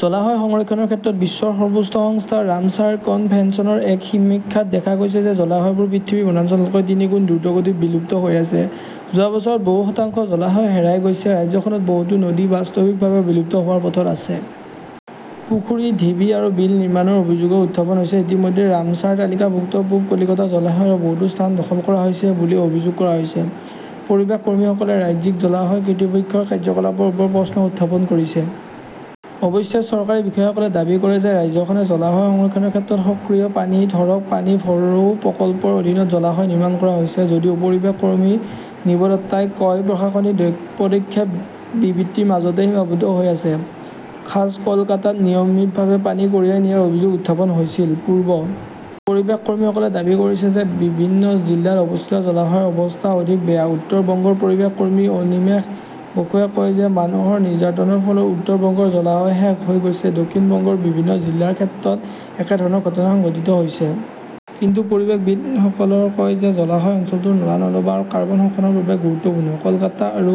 জলাশয় সংৰক্ষণৰ ক্ষেত্ৰত বিশ্বৰ সৰ্বোচ্চ সংস্থা ৰামছাৰ কনভেনচনৰ এক সিমীক্ষাত দেখা গৈছে যে জলাশয়বোৰ পৃথিৱীৰ বনাঞ্চলতকৈ তিনিগুণ দ্ৰুতগতিত বিলুপ্ত হৈ আছে। যোৱা বছৰত বহু শতাংশ জলাশয় হেৰাই গৈছে। ৰাজ্যখনত বহুতো নদী বাস্তৱিকভাৱে বিলুপ্ত হোৱাৰ পথত আছে। পুখুৰী, ঢিবি আৰু বিল নিৰ্মাণৰ অভিযোগও উত্থাপন হৈছে। ইতিমধ্যে ৰামছাৰ তালিকাভুক্ত পূব কলকাতা জলাশয়ৰ বহুতো স্থান দখল কৰা হৈছে বুলি অভিযোগ কৰা হৈছে। পৰিৱেশ কৰ্মীসকলে ৰাজ্যিক জলাশয় কৰ্তৃপক্ষৰ কাৰ্য্যকলাপৰ ওপৰতো প্ৰশ্ন উত্থাপন কৰিছে। অৱশ্যে, চৰকাৰী বিষয়াসকলে দাবী কৰে যে ৰাজ্যখনে জলাশয় সংৰক্ষণৰ ক্ষেত্ৰত সক্ৰিয়। পানী ধৰক, পানী ভৰো প্ৰকল্পৰ অধীনত জলাশয় নিৰ্মাণ কৰা হৈছে। যদিও পৰিৱেশ কৰ্মী নিৱদত্তাই কয়, প্ৰশাসনিক পদক্ষেপ বিবৃতিৰ মাজতে সীমাবদ্ধ হৈ আছে। খাছ কলকাতাত নিয়মিতভাৱে পানী কঢ়িয়াই নিয়াৰ অভিযোগ উত্থাপন হৈছিল। পূৰ্ব পৰিৱেশ কৰ্মীসকলে দাবী কৰিছে যে বিভিন্ন জিলাত অৱস্থিত জলাশয়ৰ অৱস্থা অধিক বেয়া। উত্তৰ বংগৰ পৰিৱেশ কৰ্মী অনিমেশ বসুৱে কয় যে মানুহৰ নিৰ্যাতনৰ ফলত উত্তৰ বংগৰ জলাশয় শেষ হৈ গৈছে। দক্ষিণ বংগৰ বিভিন্ন জিলাৰ ক্ষেত্ৰতো একে ধৰণৰ ঘটনা সংঘটিত হৈছে। কিন্তু পৰিৱেশবিদসকলে কয় যে জলাশয় অঞ্চলটোৰ নলা-নৰ্দমা আৰু কাৰ্বন শোষণৰ বাবে গুৰুত্বপূৰ্ণ। কলকাতা আৰু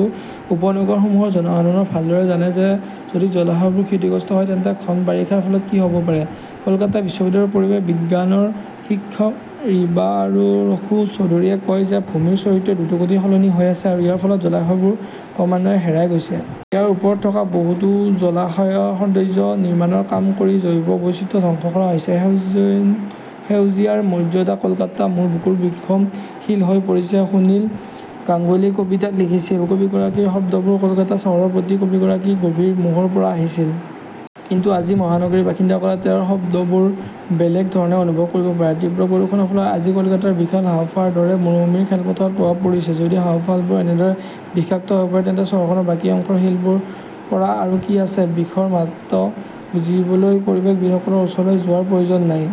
উপনগৰসমূহৰ জনসাধাৰণ ভালদৰে জানে যে যদি জলাশয়বোৰ ক্ষতিগ্ৰস্ত হয় তেন্তে ঘন বাৰিষাৰ ফলত কি হ'ব পাৰে। কলকাতা বিশ্ববিদ্যালয়ৰ পৰিৱেশ বিজ্ঞানৰ শিক্ষক ৰিবাৰসু চৌধুৰীয়ে কয় যে ভূমিৰ চৰিত্ৰ দ্ৰুতগতিত সলনি হৈ আছে আৰু ইয়াৰ ফলত জলাশয়বোৰ ক্ৰমান্বয়ে হেৰাই গৈছে। ইয়াৰ ওপৰত থকা বহুতো জলাশয়ত সৌন্দৰ্য্য নিৰ্মাণৰ কাম কৰি জৈৱ বৈচিত্ৰ্য ধ্বংস কৰা হৈছে। সেউজীয়াৰ মৰ্যাদা কলকাতা মোৰ বুকুৰ বিষম শিল হৈ পৰিছে সুনীল গাংগুলীয়ে কবিতাত লিখিছিল। কবিগৰাকীৰ শব্দবোৰ কলিকতা চহৰৰ প্ৰতি কবিগৰাকীৰ গভীৰ মোহৰ পৰা আহিছিল। কিন্তু আজি মহানগৰীৰ বাসিন্দাসকলে তেওঁৰ শব্দবোৰ বেলেগ ধৰণে অনুভৱ কৰিব পাৰে। তীব্ৰ প্ৰদূষণৰ ফলত আজি কলিকতাৰ বিশাল হাঁওফাঁওৰ দৰে মৰুভূমিৰ খেলপথাৰত প্ৰভাৱ পৰিছে। যদি হাঁওফাঁওবোৰ এনেদৰে বিষাক্ত হৈ পৰে, তেন্তে চহৰখনৰ বাকী অংশৰ শিলবোৰৰ পৰা আৰু কি আছে। বিষৰ মাত্ৰ বুজিবলৈ পৰিৱেশবিদসকলৰ ওচৰলৈ যোৱাৰ প্ৰয়োজন নাই।